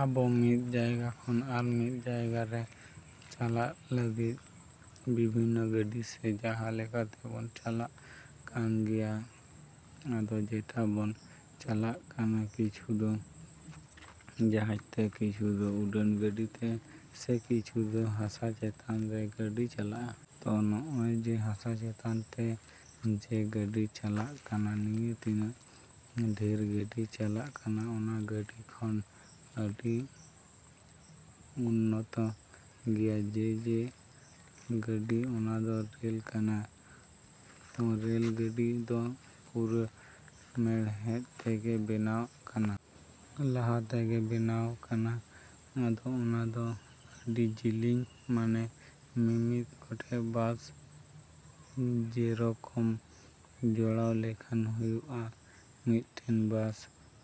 ‎ᱟᱵᱚ ᱢᱤᱫ ᱡᱟᱭᱜᱟ ᱠᱷᱚᱱ ᱟᱨ ᱢᱤᱫ ᱡᱟᱭᱜᱟ ᱨᱮ ᱪᱟᱞᱟᱜ ᱞᱟᱹᱜᱤᱫ ᱵᱤᱵᱷᱤᱱᱱᱚ ᱜᱟᱹᱰᱤ ᱥᱮ ᱡᱟᱦᱟᱸ ᱞᱮᱠᱟ ᱛᱮᱵᱚᱱ ᱪᱟᱞᱟᱜ ᱠᱟᱱ ᱜᱮᱭᱟ᱾ ᱟᱫᱚ ᱡᱮᱴᱟ ᱵᱚᱱ ᱪᱟᱞᱟᱜ ᱠᱟᱱᱟ, ᱠᱤᱪᱷᱩ ᱫᱚ ᱡᱟᱦᱟᱡᱽ ᱛᱮ, ᱠᱤᱪᱷᱩ ᱫᱚ ᱩᱰᱟᱹᱱ ᱜᱟᱹᱰᱤ ᱛᱮ ᱥᱮ ᱠᱤᱪᱷᱩ ᱫᱚ ᱦᱟᱥᱟ ᱪᱮᱛᱟᱱ ᱨᱮ ᱜᱟᱹᱰᱤ ᱪᱟᱞᱟᱜᱼᱟ᱾ ᱛᱚ ᱱᱚᱜᱼᱚᱭ ᱡᱮ ᱦᱟᱥᱟ ᱪᱮᱛᱟᱱ ᱛᱮ ᱡᱮ ᱜᱟᱹᱰᱤ ᱪᱟᱞᱟᱜ ᱠᱟᱱᱟ, ᱱᱤᱭᱟᱹ ᱛᱤᱱᱟᱹᱜ ᱰᱷᱮᱨ ᱜᱟᱹᱰᱤ ᱪᱟᱞᱟᱜ ᱠᱟᱱᱟ, ᱚᱱᱟ ᱜᱟᱹᱰᱤ ᱠᱷᱚᱱ ᱟᱹᱰᱤ ᱩᱱᱱᱚᱛᱚ ᱜᱮᱭᱟ ᱡᱮ ᱡᱮ ᱜᱟᱹᱰᱤ ᱚᱱᱟᱫᱚ ᱨᱮᱞ ᱠᱟᱱᱟ᱾ ᱛᱚ ᱨᱮᱞ ᱜᱟᱹᱰᱤ ᱫᱚ ᱯᱩᱨᱟᱹ ᱢᱮᱬᱦᱮᱫ ᱛᱮᱜᱮ ᱵᱮᱱᱟᱣ ᱠᱟᱱᱟ᱾ ᱞᱚᱦᱟ ᱛᱮᱜᱮ ᱵᱮᱱᱟᱣ ᱠᱟᱱᱟ ᱟᱫᱚ ᱚᱱᱟᱫᱚ ᱟᱹᱰᱤ ᱡᱤᱞᱤᱧ ᱢᱟᱱᱮ ᱢᱤᱢᱤᱫ ᱜᱚᱴᱮᱱ ᱵᱟᱥ ᱡᱮᱨᱚᱠᱚᱢ ᱡᱚᱲᱟᱣ ᱞᱮᱠᱷᱟᱱ ᱦᱩᱭᱩᱜᱼᱟ᱾ ᱢᱤᱫᱴᱮᱱ ᱵᱟᱥ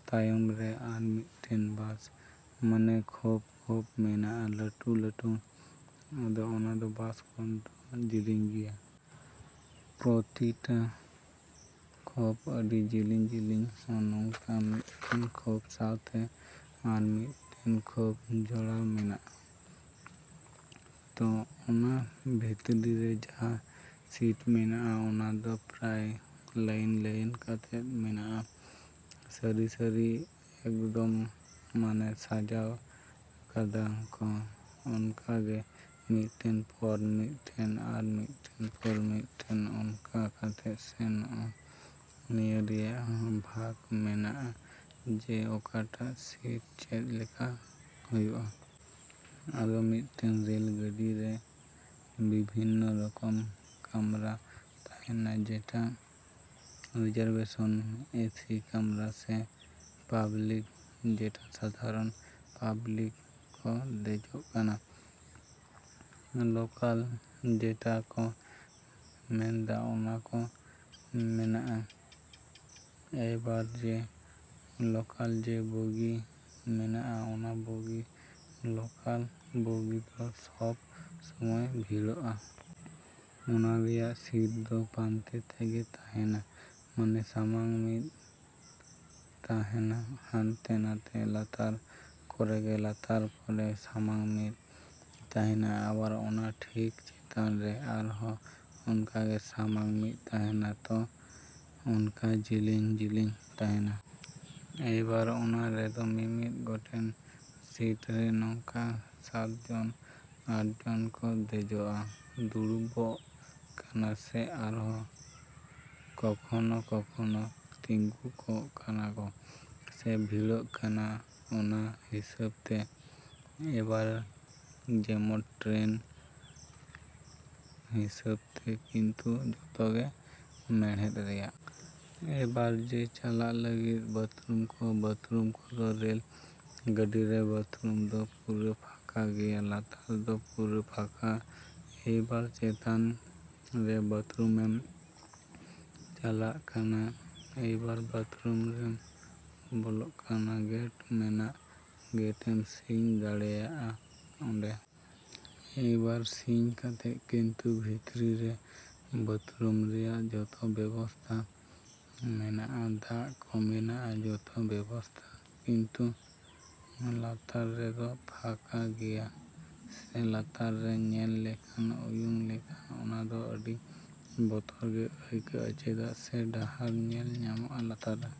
ᱛᱟᱭᱚᱢ ᱨᱮ ᱟᱨ ᱢᱤᱫᱴᱟᱱ ᱵᱟᱥ ᱢᱟᱱᱮ ᱠᱷᱚᱯᱼᱠᱷᱚᱯ ᱢᱮᱱᱟᱜᱼᱟ ᱞᱟᱹᱴᱩᱼᱞᱟᱹᱴᱩ᱾ ᱟᱫᱚ ᱚᱱᱟᱫᱚ ᱵᱟᱥ ᱠᱷᱚᱱ ᱫᱚ ᱡᱤᱞᱤᱧ ᱜᱮᱭᱟ᱾ ᱯᱨᱚᱛᱤᱴᱟ ᱠᱷᱚᱯ ᱟᱹᱰᱤ ᱡᱤᱞᱤᱧᱼᱡᱤᱞᱤᱧ ᱦᱚᱸ ᱱᱚᱝᱠᱟ ᱢᱤᱫᱴᱮᱱ ᱠᱷᱚᱯ ᱥᱟᱣᱛᱮ ᱟᱨᱢᱤᱫᱴᱮᱱ ᱠᱷᱚᱯ ᱡᱚᱲᱟᱣ ᱢᱮᱱᱟᱜᱼᱟ᱾ ᱛᱚ ᱚᱱᱟ ᱵᱷᱤᱛᱨᱤ ᱨᱮ ᱡᱟᱦᱟᱸ ᱥᱤᱴ ᱢᱮᱱᱟᱜᱼᱟ, ᱚᱱᱟᱫᱚ ᱯᱨᱟᱭ ᱞᱟᱭᱤᱱᱼᱞᱟᱭᱤᱱ ᱠᱟᱛᱮᱫ ᱢᱮᱱᱟᱜᱼᱟ ᱥᱟᱹᱨᱤᱼᱥᱟᱹᱨᱤ ᱮᱠᱫᱚᱢ ᱢᱟᱱᱮ ᱥᱟᱡᱟᱣ ᱠᱟᱫᱟ ᱠᱚ ᱚᱱᱠᱟᱜᱮ ᱢᱤᱫᱴᱮᱱ ᱯᱚᱨ ᱢᱤᱫᱴᱮᱱ ᱟᱨ ᱢᱤᱫᱴᱮᱱ ᱯᱚᱨ ᱢᱤᱫᱴᱮᱱ ᱚᱱᱠᱟ ᱠᱟᱛᱮᱫ ᱥᱮ ᱱᱚᱜᱼᱚᱭ ᱱᱤᱭᱟᱹ ᱨᱮᱭᱟᱜ ᱦᱚᱸ ᱵᱷᱟᱜᱽ ᱢᱮᱱᱟᱜᱼᱟ ᱡᱮ ᱚᱠᱟᱴᱟᱜ ᱥᱤᱴ ᱪᱮᱫ ᱞᱮᱠᱟ ᱦᱩᱭᱩᱜᱼᱟ᱾ ᱟᱫᱚ ᱢᱤᱫᱴᱮᱱ ᱨᱮᱞ ᱜᱟᱹᱰᱤ ᱨᱮ ᱵᱤᱵᱷᱤᱱᱱᱚ ᱨᱚᱠᱚᱢ ᱠᱟᱢᱨᱟ ᱛᱟᱦᱮᱱᱟ ᱡᱮᱴᱟ ᱨᱤᱡᱟᱨᱵᱷᱮᱥᱚᱱ, ᱮᱥᱤ ᱠᱟᱢᱨᱟ ᱥᱮ ᱯᱟᱵᱽᱞᱤᱠ ᱡᱮᱴᱟ ᱥᱟᱫᱷᱟᱨᱚᱱ ᱯᱟᱵᱽᱞᱤᱠ ᱠᱚ ᱫᱮᱡᱚᱜ ᱠᱟᱱᱟ ᱾ᱞᱚᱠᱟᱞ ᱡᱮᱴᱟ ᱠᱚ ᱢᱮᱱᱫᱟ ᱚᱱᱟᱠᱚ ᱢᱮᱱᱟᱜᱼᱟ᱾ ᱮᱭᱵᱟᱨ ᱡᱮ ᱞᱚᱠᱟᱞ ᱡᱮ ᱵᱚᱜᱤ ᱢᱮᱱᱟᱜᱼᱟ, ᱚᱱᱟ ᱵᱚᱜᱤ ᱞᱚᱠᱟᱞ ᱵᱚᱜᱤ ᱫᱚ ᱥᱚᱵᱽ ᱥᱚᱢᱚᱭ ᱵᱷᱤᱲᱚᱜᱼᱟ᱾ ᱚᱱᱟ ᱨᱮᱭᱟᱜ ᱥᱤᱴ ᱫᱚ ᱯᱟᱱᱛᱮ ᱛᱮᱜᱮ ᱛᱟᱦᱮᱱᱟ ᱢᱟᱱᱮ ᱥᱟᱢᱟᱝ ᱢᱤᱫ ᱛᱟᱦᱮᱱᱟ ᱦᱟᱱᱛᱮ ᱱᱟᱛᱮ ᱞᱟᱛᱟᱨ ᱠᱚᱨᱮᱜᱮ ᱞᱟᱛᱟᱨ ᱠᱚᱨᱮ ᱥᱟᱢᱟᱝ ᱢᱤᱫ ᱛᱟᱦᱮᱱᱟ ᱟᱵᱟᱨ ᱚᱱᱟ ᱴᱷᱤᱠ ᱪᱮᱛᱟᱱ ᱨᱮ ᱟᱨᱦᱚᱸ ᱚᱱᱠᱟᱜᱮ ᱥᱟᱢᱟᱝ ᱢᱤᱫ ᱛᱟᱦᱮᱱᱟ᱾ ᱛᱚ ᱚᱱᱠᱟ ᱡᱤᱞᱤᱧᱼᱡᱤᱞᱤᱧ ᱛᱟᱦᱮᱱᱟ᱾ ᱮᱭᱵᱟᱨ ᱚᱱᱟ ᱨᱮᱫᱚ ᱢᱤᱢᱤᱫ ᱜᱚᱴᱮᱱ ᱥᱤᱴ ᱨᱮ ᱱᱚᱝᱠᱟ ᱥᱟᱛᱡᱚᱱ ᱟᱴᱡᱚᱱ ᱠᱚ ᱫᱮᱡᱚᱜᱼᱟ ,ᱫᱩᱲᱩᱵᱚᱜ ᱠᱟᱱᱟ ᱥᱮ ᱟᱨᱚ ᱠᱚᱠᱷᱚᱱᱚᱼᱠᱚᱠᱷᱚᱱᱚ ᱛᱤᱸᱜᱩ ᱠᱚᱜ ᱠᱟᱱᱟ ᱠᱚ ᱥᱮ ᱵᱷᱤᱲᱚᱜ ᱠᱟᱱᱟ ᱚᱱᱟ ᱦᱤᱥᱟᱹᱵᱽ ᱛᱮ᱾ ᱮᱵᱟᱨ ᱡᱮᱢᱚᱱ ᱴᱨᱮᱱ ᱦᱤᱥᱟᱹᱵᱽᱛᱮ ᱠᱤᱱᱛᱩ ᱡᱚᱛᱚᱜᱮ ᱢᱮᱬᱦᱮᱫ ᱨᱮᱭᱟᱜ᱾ ᱮᱭᱵᱟᱨ ᱡᱮ ᱪᱟᱞᱟᱜ ᱞᱟᱹᱜᱤᱫ ᱵᱟᱛᱨᱩᱢ ᱠᱚ, ᱵᱟᱛᱨᱩᱢ ᱠᱚᱫᱚ ᱨᱮᱞ ᱜᱟᱹᱰᱤᱨᱮ ᱵᱟᱛᱷᱨᱩᱢ ᱫᱚ ᱯᱩᱨᱟᱹ ᱯᱷᱟᱸᱠᱟ ᱜᱮᱭᱟ ᱞᱟᱛᱟᱨ ᱫᱚ ᱯᱩᱨᱟᱹ ᱯᱷᱟᱸᱠᱟ᱾ ᱮᱭᱵᱟᱨ ᱪᱮᱛᱟᱱ ᱨᱮ ᱵᱟᱛᱷᱨᱩᱢᱮᱢ ᱪᱟᱞᱟᱜ ᱠᱟᱱᱟ, ᱮᱭᱵᱟᱨ ᱵᱟᱛᱷᱨᱩᱢ ᱨᱮᱢ ᱵᱚᱞᱚᱜ ᱠᱟᱱᱟ, ᱜᱮᱴ ᱢᱮᱱᱟᱜᱼᱟ, ᱜᱮᱴᱮᱢ ᱥᱤᱧ ᱫᱟᱲᱮᱭᱟᱜᱼᱟ ᱚᱸᱰᱮ᱾ ᱮᱭᱵᱟᱨ ᱥᱤᱧ ᱠᱟᱛᱮᱫ ᱠᱤᱱᱛᱩ ᱵᱷᱤᱛᱨᱤ ᱨᱮ ᱵᱟᱛᱨᱩᱢ ᱨᱮᱭᱟᱜ ᱡᱚᱛᱚ ᱵᱮᱵᱚᱥᱛᱷᱟ ᱢᱮᱱᱟᱜᱼᱟ, ᱫᱟᱜ ᱠᱚ ᱢᱮᱱᱟᱜᱼᱟ, ᱡᱚᱛᱚ ᱵᱮᱵᱚᱥᱛᱷᱟ ᱠᱤᱱᱛᱩ ᱞᱟᱛᱟᱨ ᱨᱮᱫᱚ ᱯᱷᱟᱸᱠᱟ ᱜᱮᱭᱟ ᱥᱮ ᱞᱟᱛᱟᱨ ᱨᱮ ᱧᱮᱞ ᱞᱮᱠᱷᱟᱱ ᱩᱭᱩᱝ ᱞᱮᱠᱷᱟᱱ ᱚᱱᱟᱫᱚ ᱟᱹᱰᱤ ᱵᱚᱛᱚᱨ ᱜᱮ ᱟᱹᱭᱠᱟᱹᱜᱼᱟ ᱪᱮᱫᱟᱜ ᱥᱮ ᱰᱟᱦᱟᱨ ᱧᱮᱞ ᱧᱟᱢᱚᱜᱼᱟ ᱞᱟᱛᱟᱨ ᱨᱮ᱾